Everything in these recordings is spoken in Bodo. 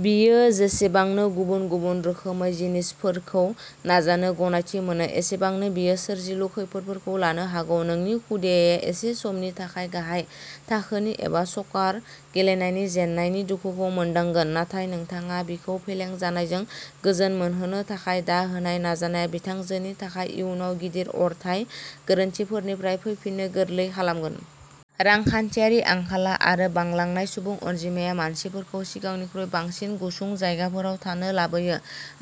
बियो जेसेबांनो गुबुन-गुबुन रोखोमै जिनिसफोरखौ नाजानो गनायथाव मोनो, एसेबांनो बियो सोरजिलु खैफोदफोरखौ लानो हागौ। नोंनि खुदियाया एसे समनि थाखाय गाहाय थाखोनि एबा सकार गेलेनायनि जेननायनि दुखुखौ मोनदांगोन, नाथाय नोंथाङा बिखौ फेलें जानायजों गोजोन मोनहोनो थाखाय दा होनाय नाजानाया बिथांजोनि थाखाय इयुनाव गिदिर अरथाय गोरोन्थिफोरनिफ्राय फैफिननो गोरलै खालामगोन। रांखान्थियारि आंखाला आरो बांलांनाय सुबुं अनजिमाया मानसिफोरखौ सिगांनिख्रुइ बांसिन गुसुं जायगाफोराव थानो लाबोयो।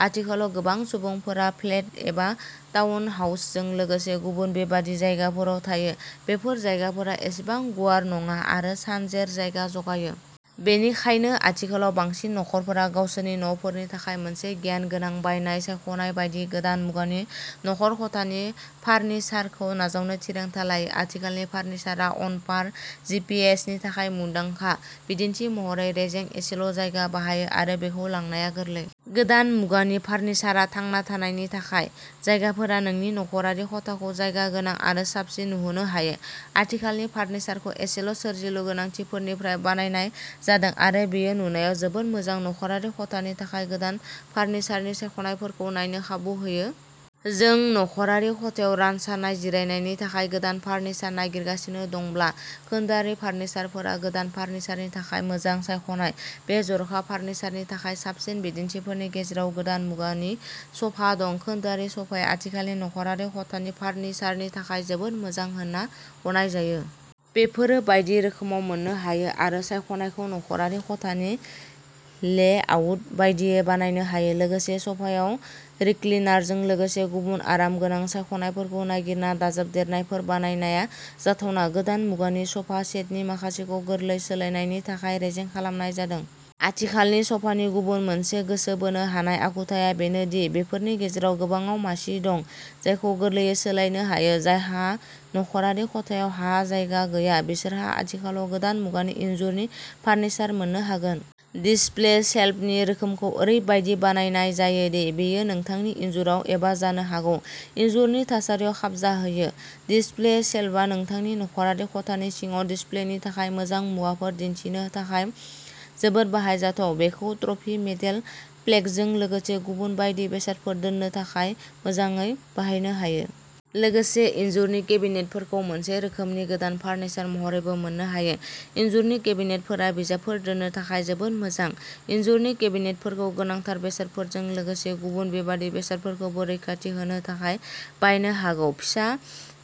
आथिखालाव गोबां सुबुंफोरा फ्लेट एबा टाउन हाउसजों लोगोसे गुबुन बेबादि जायगाफोराव थायो। बेफोर जायगाफोरा एसेबां गुवार नङा आरो सानजेर जायगा जगायो। बेनिखायनो आथिखालाव बांसिन नखरफोरा गावसोरनि नफोरनि थाखाय मोनसे गियानगोनां बायनाय सायख'नाय बायदि गोदान मुगानि नखर खथानि फार्निचारखौ नाजावनो थिरांथा लायो। आथिखालनि फार्निचारआ अनपार जिपिएसनि थाखाय मुंदांखा, बिदिन्थि महरै रेजें, एसेल' जायगा बाहायो आरो बेखौ लांनाया गोरलै। गोदान मुगानि फार्निचारआ थांना थानायनि थाखाय। जायगाफोरा नोंनि नखरारि खथाखौ जायगा गोनां आरो साबसिन नुहोनो हायो। आथिखालनि फार्निचारखौ एसेल' सोरजिलु गोनांथिफोरनिफ्राय बानायनाय जादों आरो बेयो नुनायाव जोबोद मोजां। नखरारि खथानि थाखाय गोदान फार्निचारनि सायख'नायफोरखौ नायनो खाबु होयो। नों नखरारि खथायाव रानसारनाय जिरायनायनि थाखाय गोदान फार्निचार नागिरगासिनो दंब्ला खोन्दोआरि फार्निचारफोरा गोदान फार्निचारनि थाखाय मोजां सायख'नाय। बे जर'खा फार्निचारनि थाखाय साबसिन बिदिन्थिफोरनि गेजेराव गोदान मुगानि सफा दं। खोन्दोआरि सफाया आथिखालनि नखरारि खथानि फार्निचारनि थाखाय जोबोद मोजां होनना गनायजायो। बेफोरो बायदि रोखोमाव मोननो हायो आरो सायख'नायखौ नखरारि खथानि लेआउट बायदियै बानायनो हायो। लोगोसे सफायाव रिक्लिनारजों लोगोसे गुबुन आरामगोनां सायख'नायफोरखौ नागिरना दाजाबदेरनायफोर बानायनाया जाथावना। गोदान मुगानि सफा सेटनि माखासेखौ गोरलै सोलायनायनि थाखाय रेजें खालामनाय जादों। आथिखालनि सफानि गुबुन मोनसे गोसो बोनो हानाय आखुथाया बेनो दि बेफोरनि गेजेराव गोबांआव मासि दं जायखौ गोरलैयै सोलायनो हायो। जायहा नख'रारि खथायाव हा जायगा गैया, बिसोरहा आथिखालाव गोदान मुगानि इनजुरनि फार्निचार मोननो हागोन। डिसप्ले शेल्फनि रोखोमखौ ओरैबायदि बानायनाय जायो दि बेयो नोंथांनि इनजुराव एबा जानो हागौ इनजुरनि थासारियाव खाबजाहोयो। डिसप्ले शेल्फआ नोंथांनि नख'रारि खथानि सिङाव डिसप्लेनि थाखाय मोजां मुवाफोर दिन्थिनो थाखाय जोबोद बाहायजाथाव। बेखौ ट्रफी, मेडेल, प्लेकजों लोगोसे गुबुन बायदि बेसादफोर दोननो थाखाय मोजाङै बाहायनो हायो। लोगोसे इनजुरनि केबिनेटफोरखौ मोनसे रोखोमनि गोदान फार्निचार महरैबो मोननो हायो। इनजुरनि केबिनेटफोरा बिजाबफोर दोननो थाखाय जोबोद मोजां। इनजुरनि केबिनेटफोरखौ गोनांथार बेसादफोरजों लोगोसे गुबुन बेबादि बेसादफोरखौबो रैखाथि होनो थाखाय बाहायनो हागौ। फिसा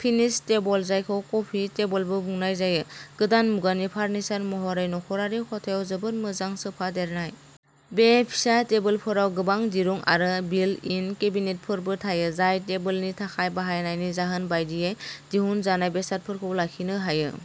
फिनिश टेबल जायखौ कफि टेबलबो बुंनाय जायो, गोदान मुगानि फार्निचार महरै नखरारि खथायाव जोबोद मोजां सोफादेरनाय। बे फिसा टेबोलफोराव गोबां दिरुं आरो बिल्ट-इन केबिनेटफोरबो थायो, जाय टेबोलनि थाखाय बाहायनायनि जाहोन बायदियै दिहुनजानाय बेसादफोरखौ लाखिनो हायो।